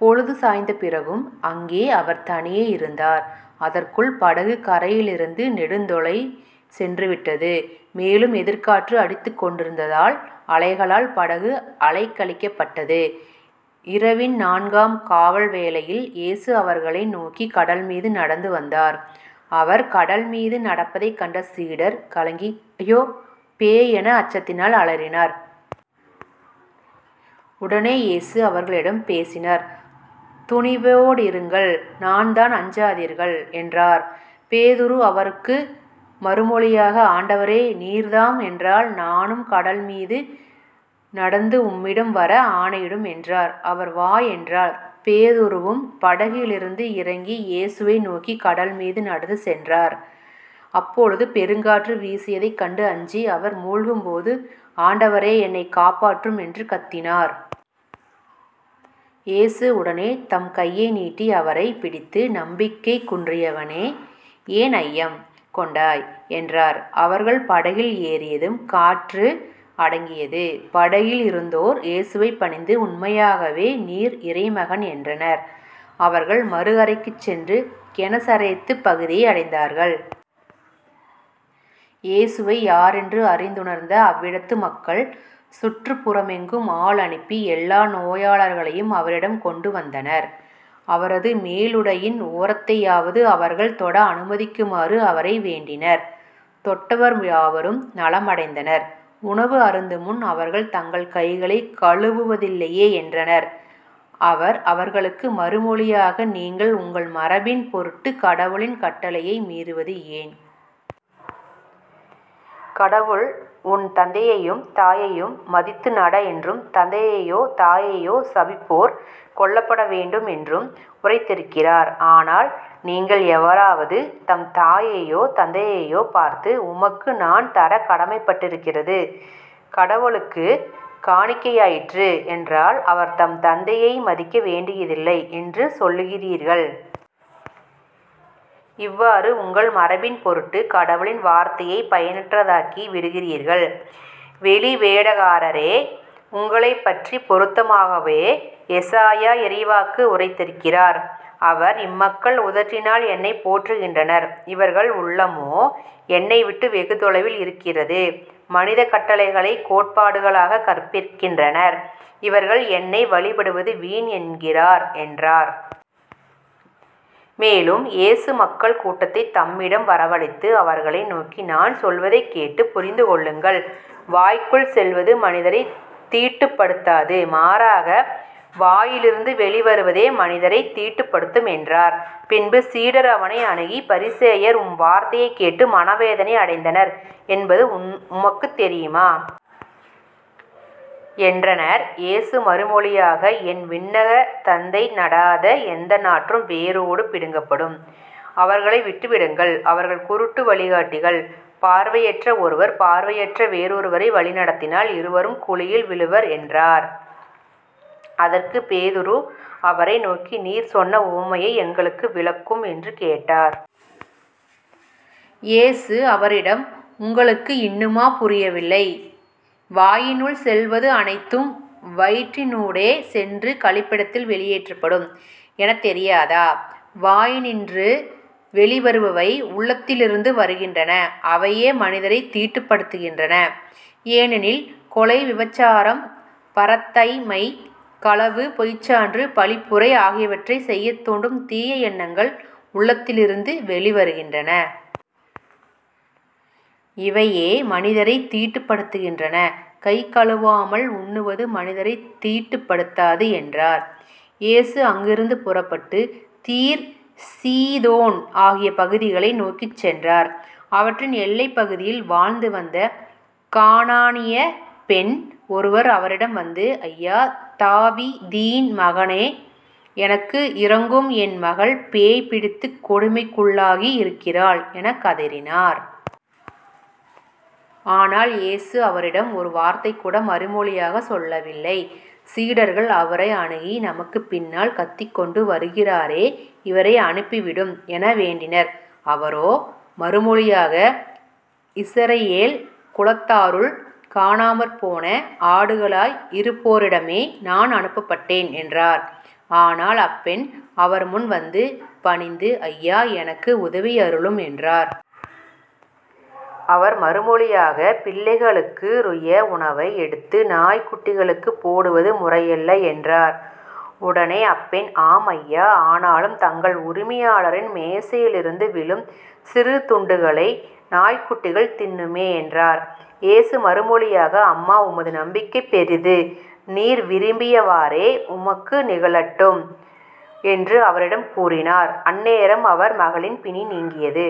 பொழுது சாய்ந்தபிறகும் அங்கே அவர் தனியே இருந்தார். அதற்குள் படகு கரையிலிருந்து நெடுந்தொலை சென்றுவிட்டது. மேலும் எதிர்க்காற்று அடித்துக்கொண்டிருந்ததால் அலைகளால் படகு அலைக்கழிக்கப்பட்டது. இரவின் நான்காம் காவல்வேளையில் இயேசு அவர்களை நோக்கிக் கடல்மீது நடந்து வந்தார். அவர் கடல்மீது நடப்பதைக் கண்ட சீடர் கலங்கி ஐயொ பேய் என அச்சத்தினால் அலறினர். உடனே இயேசு அவர்களிடம் பேசினார். துணிவோடிருங்கள் நான்தான் அஞ்சாதீர்கள் என்றார். பேதுரு அவருக்கு மறுமொழியாக ஆண்டவரே நீர்தாம் என்றால் நானும் கடல்மீது நடந்து உம்மிடம் வர ஆணையிடும் என்றார். அவர் வா என்றார். பேதுருவும் படகிலிருந்து இறங்கி இயேசுவை நோக்கிக் கடல்மீது நடந்து சென்றார். அப்பொழுது பெருங்காற்று வீசியதைக் கண்டு அஞ்சி அவர் முழ்கும்போது ஆண்டவரே என்னைக் காப்பாற்றும் என்று கத்தினார். இயேசு உடனே தம் கையை நீட்டி அவரைப் பிடித்து நம்பிக்கை குன்றியவனே ஏன் ஐயம் கொண்டாய்? என்றார். அவர்கள் படகில் ஏறியதும் காற்று அடங்கியது. படகில் இருந்தோர் இயேசுவைப் பணிந்து உண்மையாகவே நீர் இறைமகன் என்றனர். அவர்கள் மறு கரைக்குச் சென்று கெனசரேத்துப் பகுதியை அடைந்தார்கள். இயேசுவை யாரென்று அறிந்துணர்ந்த அவ்விடத்து மக்கள் சுற்றுப் புறமெங்கும் ஆள் அனுப்பி எல்லா நோயாளர்களையும் அவரிடம் கொண்டு வந்தனர். அவரது மேலுடையின் ஓரத்தையாவது அவர்கள் தொட அனுமதிக்குமாறு அவரை வேண்டினர் தொட்டவர் யாவரும் நலமடைந்தனர். உணவு அருந்துமுன் அவர்கள் தங்கள் கைகளைக் கழுவுவதில்லையே என்றனர். அவர் அவர்களுக்கு மறுமொழியாக நீங்கள் உங்கள் மரபின் பொருட்டுக் கடவுளின் கட்டளையை மீறுவது ஏன்? கடவுள் உன் தந்தையையும் தாயையும் மதித்து நட என்றும் தந்தையையோ தாயையோ சபிப்போர் கொல்லப்பட வேண்டும் என்றும் உரைத்திருக்கிறார். ஆனால் நீங்கள் எவராவது தம் தாயையோ தந்தையையோ பார்த்து உமக்கு நான் தரக் கடமைப்பட்டிக்கிறது கடவுளுக்குக் காணிக்கையாயிற்று என்றால் அவர் தம் தந்தையை மதிக்க வேண்டியதில்லை என்று சொல்லுகிறீர்கள். இவ்வாறு உங்கள் மரபின்பொருட்டுக் கடவுளின் வார்த்தையைப் பயனற்றதாக்கி விடுகிறீர்கள். வெளிவேடக்காரரே உங்களைப்பற்றிப் பொருத்தமாகவே எசாயா இறைவாக்கு உரைத்திருக்கிறார். அவர் இம்மக்கள் உதட்டினால் என்னைப் போற்றுகின்றனர். இவர்கள் உள்ளமோ என்னைவிட்டு வெகு தொலையில் இருக்கிறது. மனிதக் கட்டளைகளைக் கோட்பாடுகளாகக் கற்பிக்கின்றனர். இவர்கள் என்னை வழிபடுவது வீண் என்கிறார் என்றார். மேலும் இயேசு மக்கள் கூட்டத்தைத் தம்மிடம் வரவழைத்து அவர்களை நோக்கி நான் சொல்வதைக் கேட்டுப் புரிந்துகொள்ளுங்கள். வாய்க்குள் செல்வது மனிதரைத் தீட்டுப்படுத்தாது மாறாக வாயிலிருந்து வெளிவருவதே மனிதரைத் தீட்டுப் படுத்தும் என்றார். பின்பு சீடர் அவரை அணுகி பரிசேயர் உம் வார்த்தையைக் கேட்டு மனவேதனை அடைந்தனர் என்பது உமக்குத் தெரியுமா? என்றனர். இயேசு மறுமொழியாக என் விண்ணகத் தந்தை நடாத எந்த நாற்றும் வேரோடு பிடுங்கப்படும். அவர்களை விட்டுவிடுங்கள். அவர்கள் குருட்டு வழிகாட்டிகள். பார்வையற்ற ஒருவர் பார்வையற்ற வேறொருவரை வழிநடத்தினால் இருவரும் குழியில் விழுவர் என்றார். அதற்குப் பேதுரு அவரை நோக்கி நீர் சொன்ன உவமையை எங்களுக்கு விளக்கும் என்று கேட்டார். இயேசு அவரிடம் உங்களுக்கு இன்னுமா புரியவில்லை? வாயினுள் செல்வது அனைத்தும் வயிற்றினூடே சென்று கழிப்பிடத்தில் வெளியேற்றப்படும் எனத் தெரியாதா? வாயினின்று வெளிவருபவை உள்ளத்திலிருந்து வருகின்றன. அவையே மனிதரைத் தீட்டுப்படுத்துகின்றன. ஏனெனில் கொலை விபசாரம் பரத்தைமை களவு பொய்ச்சான்று பழிப்புரை ஆகியவற்றைச் செய்யத் தூண்டும் தீய எண்ணங்கள் உள்ளத்திலிருந்து வெளிவருகின்றன. இவையே மனிதரைத் தீட்டுப்படுத்துகின்றன. கை கழுவாமல் உண்ணுவது மனிதரைத் தீட்டுப்படுத்தாது என்றார். இயேசு அங்கிருந்து புறப்பட்டுத் தீர் சீதோன் ஆகிய பகுதிகளை நோக்கிச் சென்றார். அவற்றின் எல்லைப் பகுதியில் வாழ்ந்து வந்த கானானியப் பெண் ஒருவர் அவரிடம் வந்து ஐயா தாவிதீன் மகனே எனக்கு இரங்கும் என் மகள் பேய் பிடித்துக் கொடுமைக்குள்ளாகி இருக்கிறாள் எனக் கதறினார். ஆனால் இயேசு அவரிடம் ஒரு வார்த்தைகூட மறுமொழியாகச் சொல்லவில்லை. சீடர்கள் அவரை அணுகி நமக்குப் பின்னால் கத்திக்கொண்டு வருகிறாரே இவரை அனுப்பிவிடும் என வேண்டினர். அவரோ மறுமொழியாக இஸரயேல் குலத்தாருள் காணாமற்போன ஆடுகளாய் இருப்போரிடமே நான் அனுப்பப்பட்டேன் என்றார். ஆனால் அப்பெண் அவர்முன் வந்து பணிந்து ஐயா எனக்கு உதவியருளும் என்றார். அவர் மறுமொழியாக பிள்ளைகளுக்குருய உணவை எடுத்து நாய்க் குட்டிகளுக்குப் போடுவது முறையல்ல என்றார். உடனே அப்பெண் ஆம் ஐயா ஆனாலும் தங்கள் உரிமையாளரின் மேசையிலிருந்து விழும் சிறு துண்டுகளை நாய்க்குட்டிகள் தின்னுமே என்றார். இயேசு மறுமொழியாக அம்மா உமது நம்பிக்கை பெரிது. நீர் விரும்பியவாறே உமக்கு நிகழட்டும் என்று அவரிடம் கூறினார். அந்நேரம் அவர் மகளின் பிணி நீங்கியது.